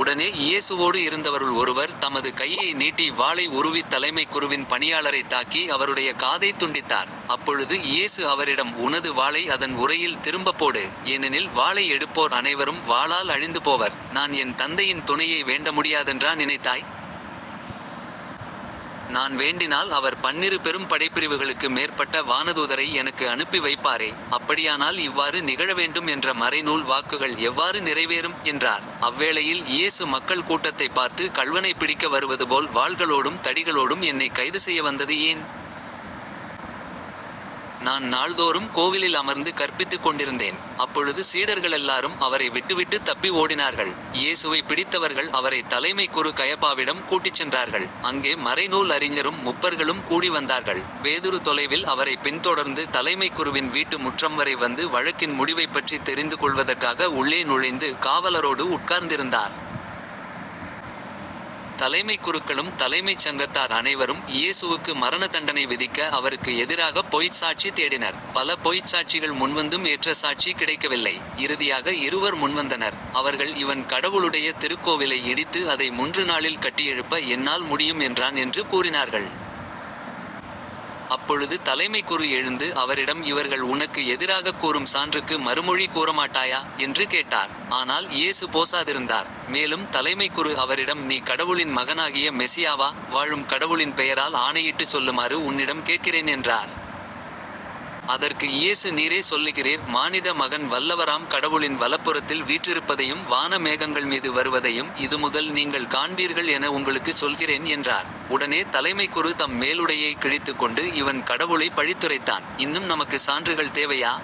உடனே இயேசுவோடு இருந்தவருள் ஒருவர் தமது கையை நீட்டி வாளை உருவித் தலைமைக் குருவின் பணியாளரைத் தாக்கி அவருடைய காதைத் துண்டித்தார். அப்பொழுது இயேசு அவரிடம் உனது வாளை அதன் உறையில் திரும்பப் போடு. ஏனெனில் வாளை எடுப்போர் அனைவரும் வாளால் அழிந்து போவர். நான் என் தந்தையின் துணையை வேண்ட முடியாதென்றா நினைத்தாய்? நான் வேண்டினால் அவர் பன்னிரு பெரும் படைப்பிரிவுகளுக்கு மேற்பட்ட வானதூதரை எனக்கு அனுப்பி வைப்பாரே. அப்படியானால் இவ்வாறு நிகழவேண்டும் என்ற மறைநூல் வாக்குகள் எவ்வாறு நிறைவேறும்? என்றார். அவ்வேளையில் இயேசு மக்கள் கூட்டத்தைப் பார்த்து கள்வனைப் பிடிக்க வருவதுபோல் வாள்களோடும் தடிகளோடும் என்னைக் கைதுசெய்ய வந்தது ஏன்? நான் நாள்தோறும் கோவிலில் அமர்ந்து கற்பித்துக் கொண்டிருந்தேன். அப்பொழுது சீடர்களெல்லாரும் அவரை விட்டுவிட்டுத் தப்பி ஓடினார்கள். இயேசுவைப் பிடித்தவர்கள் அவரைத் தலைமைக் குரு கயபாவிடம் கூட்டிச்சென்றார்கள். அங்கே மறைநூல் அறிஞரும் முப்பர்களும் கூடி வந்தார்கள். பேதுரு தொலைவில் அவரைப் பின்தொடர்ந்து தலைமைக் குருவின் வீட்டு முற்றம்வரை வந்து வழக்கின் முடிவைப்பற்றித் தெரிந்து கொள்வதற்காக உள்ளே நுழைந்து காவலரோடு உட்கார்ந்திருந்தார். தலைமைக் குருக்களும் தலைமைச் சங்கத்தார் அனைவரும் இயேசுவுக்கு மரண தண்டனை விதிக்க அவருக்கு எதிராகப் பொய்ச் சாட்சி தேடினர். பல பொய்ச் சாட்சிகள் முன்வந்தும் ஏற்ற சாட்சி கிடைக்கவில்லை. இறுதியாக இருவர் முன்வந்தனர். அவர்கள் இவன் கடவுளுடைய திருக்கோவிலை இடித்து அதை முன்று நாளில் கட்டியெழுப்ப என்னால் முடியும் என்றான் என்று கூறினார்கள். அப்பொழுது தலைமைக் குரு எழுந்து அவரிடம் இவர்கள் உனக்கு எதிராகக் கூறும் சான்றுக்கு மறுமொழி கூறமாட்டாயா? என்று கேட்டார். ஆனால் இயேசு போசாதிருந்தார். மேலும் தலைமைக் குரு அவரிடம் நீ கடவுளின் மகனாகிய மெசியாவா? வாழும் கடவுளின் பெயரால் ஆணையிட்டுச் சொல்லுமாறு உன்னிடம் கேட்கிறேன் என்றார். அதற்கு இயேசு நீரே சொல்லுகிறீர் மானிட மகன் வல்லவராம் கடவுளின் வலப்புறத்தில் வீற்றிருப்பதையும் வான மேகங்கள்மீது வருவதையும் இதுமுதல் நீங்கள் காண்பீர்கள் என உங்களுக்குச் சொல்கிறேன் என்றார். உடனே தலைமைக் குரு தம் மேலுடையை கிழித்துக்கொண்டு இவன் கடவுளைப் பழித்துரைத்தான். இன்னும் நமக்குச் சான்றுகள் தேவையா?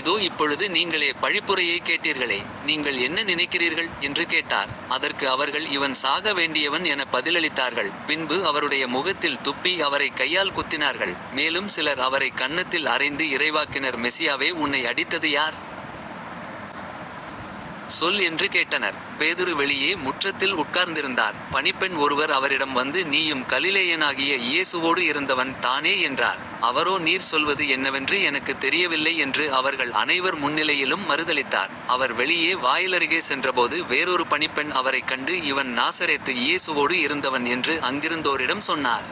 இதோ இப்பொழுது நீங்களே பழிப்புரையைக் கேட்டீர்களே. நீங்கள் என்ன நினைக்கிறீர்கள்? என்று கேட்டார். அதற்கு அவர்கள் இவன் சாக வேண்டியவன் எனப் பதிலளித்தார்கள். பின்பு அவருடைய முகத்தில் துப்பி அவரைக் கையால் குத்தினார்கள். மேலும் சிலர் அவரைக் கன்னத்தில் அறைந்து இறைவாக்கினர் மெசியாவே உன்னை அடித்தது யார்? சொல் என்று கேட்டனர். பேதுரு வெளியே முற்றத்தில் உட்கார்ந்திருந்தார். பணிப்பெண் ஒருவர் அவரிடம் வந்து நீயும் கலிலேயனாகிய இயேசுவோடு இருந்தவன் தானே என்றார். அவரோ நீர் சொல்வது என்னவென்று எனக்குத் தெரியவில்லை என்று அவர்கள் அனைவர் முன்னிலையிலும் மறுதலித்தார். அவர் வெளியே வாயிலருகே சென்றபோது வேறொரு பணிப்பெண் அவரைக் கண்டு இவன் நாசரேத்து இயேசுவோடு இருந்தவன் என்று அங்கிருந்தோரிடம் சொன்னார்.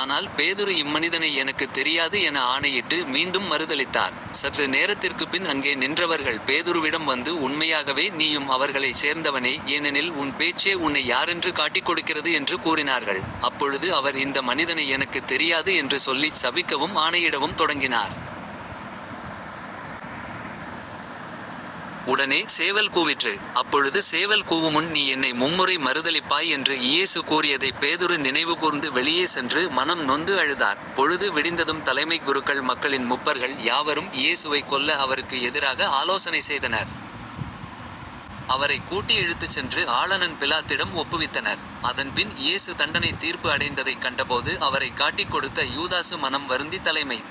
ஆனால் பேதுரு இம்மனிதனை எனக்குத் தெரியாது என ஆணையிட்டு மீண்டும் மறுதலித்தார். சற்று நேரத்திற்குப்பின் அங்கே நின்றவர்கள் பேதுருவிடம் வந்து உண்மையாகவே நீயும் அவர்களைச் சேர்ந்தவனே ஏனெனில் உன் பேச்சே உன்னை யாரென்று காட்டிக்கொடுக்கிறது என்று கூறினார்கள். அப்பொழுது அவர் இந்த மனிதனை எனக்குத் தெரியாது என்று சொல்லிச் சபிக்கவும் ஆணையிடவும் தொடங்கினார். உடனே சேவல் கூவிற்று. அப்பொழுது சேவல் கூவுமுன் நீ என்னை மும்முறை மறுதலிப்பாய் என்று இயேசு கூறியதைப் பேதுரு நினைவுகூர்ந்து வெளியே சென்று மனம் நொந்து அழுதார். பொழுது விடிந்ததும் தலைமைக் குருக்கள் மக்களின் முப்பர்கள் யாவரும் இயேசுவைக் கொல்ல அவருக்கு எதிராக ஆலோசனை செய்தனர். அவரைக் கூட்டி இழுத்துச் சென்று ஆளநன் பிலாத்திடம் ஒப்புவித்தனர். அதன்பின் இயேசு தண்டனைத் தீர்ப்பு அடைந்ததைக் கண்டபோது அவரைக் காட்டிக்கொடுத்த யூதாசு மனம் வருந்தி தலைமைக்